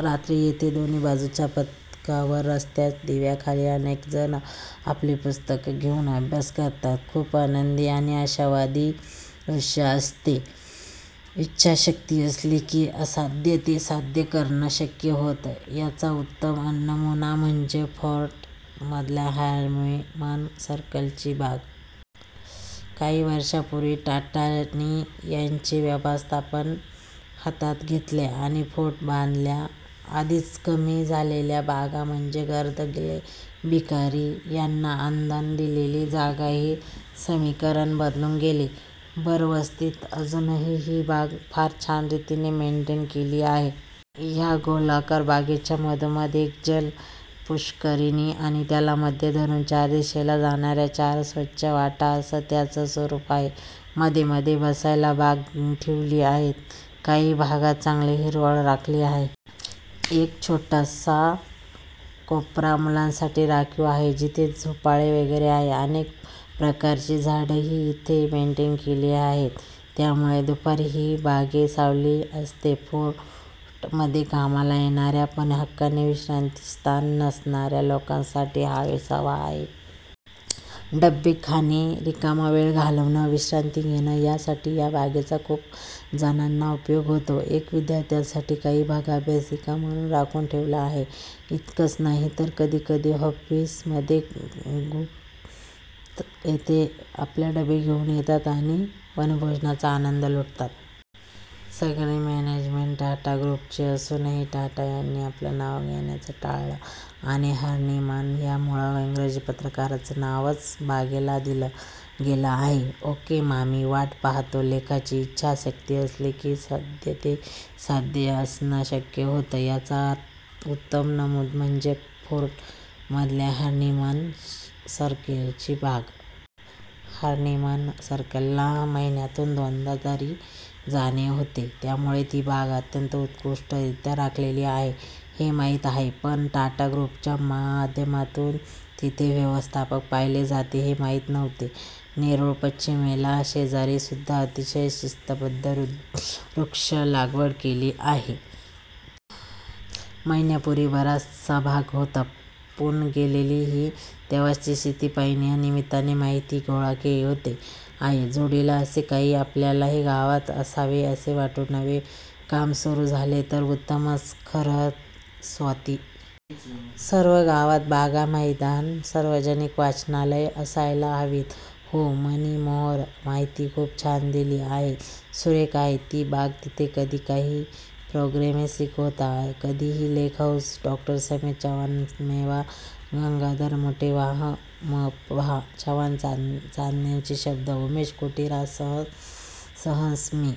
रात्री इथे दोन्ही बाजूच्या पदपथांवर रस्त्याच्या दिव्यांखाली अनेक जण आपापली पुस्तकं घेऊन अभ्यास करतात. खूप आनंदी आणि आशावादी दृश्य असतं हे. इच्छा शक्ती असली की असाध्य ते साध्य करणं शक्य होतं ह्याचा उत्तम नमुना म्हणजे फोर्ट मधल्या हर्निमन सर्कल ची बाग. काही वर्षांपूर्वी टाटांनी ह्याचे व्यवस्थापन हातात घेतले आणि फोर्ट मधल्या आधीच कमी असलेल्या बागा म्हणजे गर्दुल्ले, भिकारी ह्यांना आंदण दिलेली जागा हे समीकरणच बदलून गेलं. भर वस्तीत असून ही ही बाग फार छान रीतीने मेंटेन केली आहे. ह्या गोलाकार बागेच्या मघोमध एक जल पुष्करीणी, आणि त्याला मध्य धरून चार दिशेला जाणाऱ्या चार स्वच्छ वाटा अस त्याच स्वरूप आहे. मध्ये मध्ये बसायला बाक ठेवली आहेत. काही भागात चांगली हिरवळ राखली आहे. एक छोटा कोपरा मुलांसाठी राखीव आहे जिथे झोपाळे वैगेरे आहेत. अनेक प्रकारची झाड ही इथे मेंटेन केली आहेत त्यामुळे दुपारी ही ह्या बागेत सावली असते. फोर्ट मध्ये कामाला येणाऱ्या पण हक्काचे विश्रांती स्थान नसणाऱ्या लोकांसाठी हा विसावा आहे. डबे खाणं, रिकामा वेळ घालवणं, विश्रांती घेणं ह्या साठी ह्या बागेचा खूप जणांना उपयोग होतो. इथे विद्यार्थ्यांसाठी काही भाग अभ्यासिका म्हणून राखुन ठेवला आहे. इतकच नाही तर कधी कधी ऑफिसचे गृप इथे आपापले डबे घेऊन येतात आणि वनभोजनाचा आनन्द लुटतात. सगळी मॅनेजमेंट टाटा गृप ची असून ही टाटा यांनी आपलं नाव देण्याचं टाळलं आहे. हर्निमन ह्या मूळ इंग्रजी पत्रकारचं नाव च बागेला दिलं गेलं आहे. ओके मामी. वाट पाहतो लेखाची. इच्छा शक्ती असली की असाध्य ते साध्य करणं शक्य होतं ह्याचा उत्तम नमुना म्हणजे फोर्ट मधल्या हर्निमन सर्कल ची बाग. हॉर्निमन सर्कलला महिन्यातून दोनदा तरी जाणे होते. त्यामुळे ती बाग अतंत्य उत्कृष्टरीत्या राखलेली आहे हे माहित आहे. पण टाटा ग्रुपच्या माध्यमातून तिथे व्यवस्थापन पाहिले जाते हे माहित नव्हते. नेरूल. पश्चिमेला शेजारी सुद्धा अतिशय शिस्तबद्ध वृक्ष लागवड केली आहे. महिन्यांपूर्वी बराचसा भाग. होता. पुनः गेले की तेव्हाची स्थिती पाहिन. या निमित्ताने माहिती गोळा होते आहेच. जोडीला असे काही आपल्याही गावात असावे असे वाटून नवे काम सुरु झाले तर उत्तमच! >> खरंय स्वाती. सर्व गावात बागा, मैदानं, सार्वजनिक वाचनालयं असायलाच हवीत. हो हो मनीमोहर. माहिती खूप छान दिली आहेस. सुरेख आहे ती बाग. तिथे कधी कधी काही प्रोग्रॅम्सही होतात. आधीचे लेखःहौस डॉ. समीर चव्हाणरानमेवा गंगाधर मुटेवाहवा म भा चव्हाणचांदण्यांचे शब्द उमेश कोठीकरराजहंस मी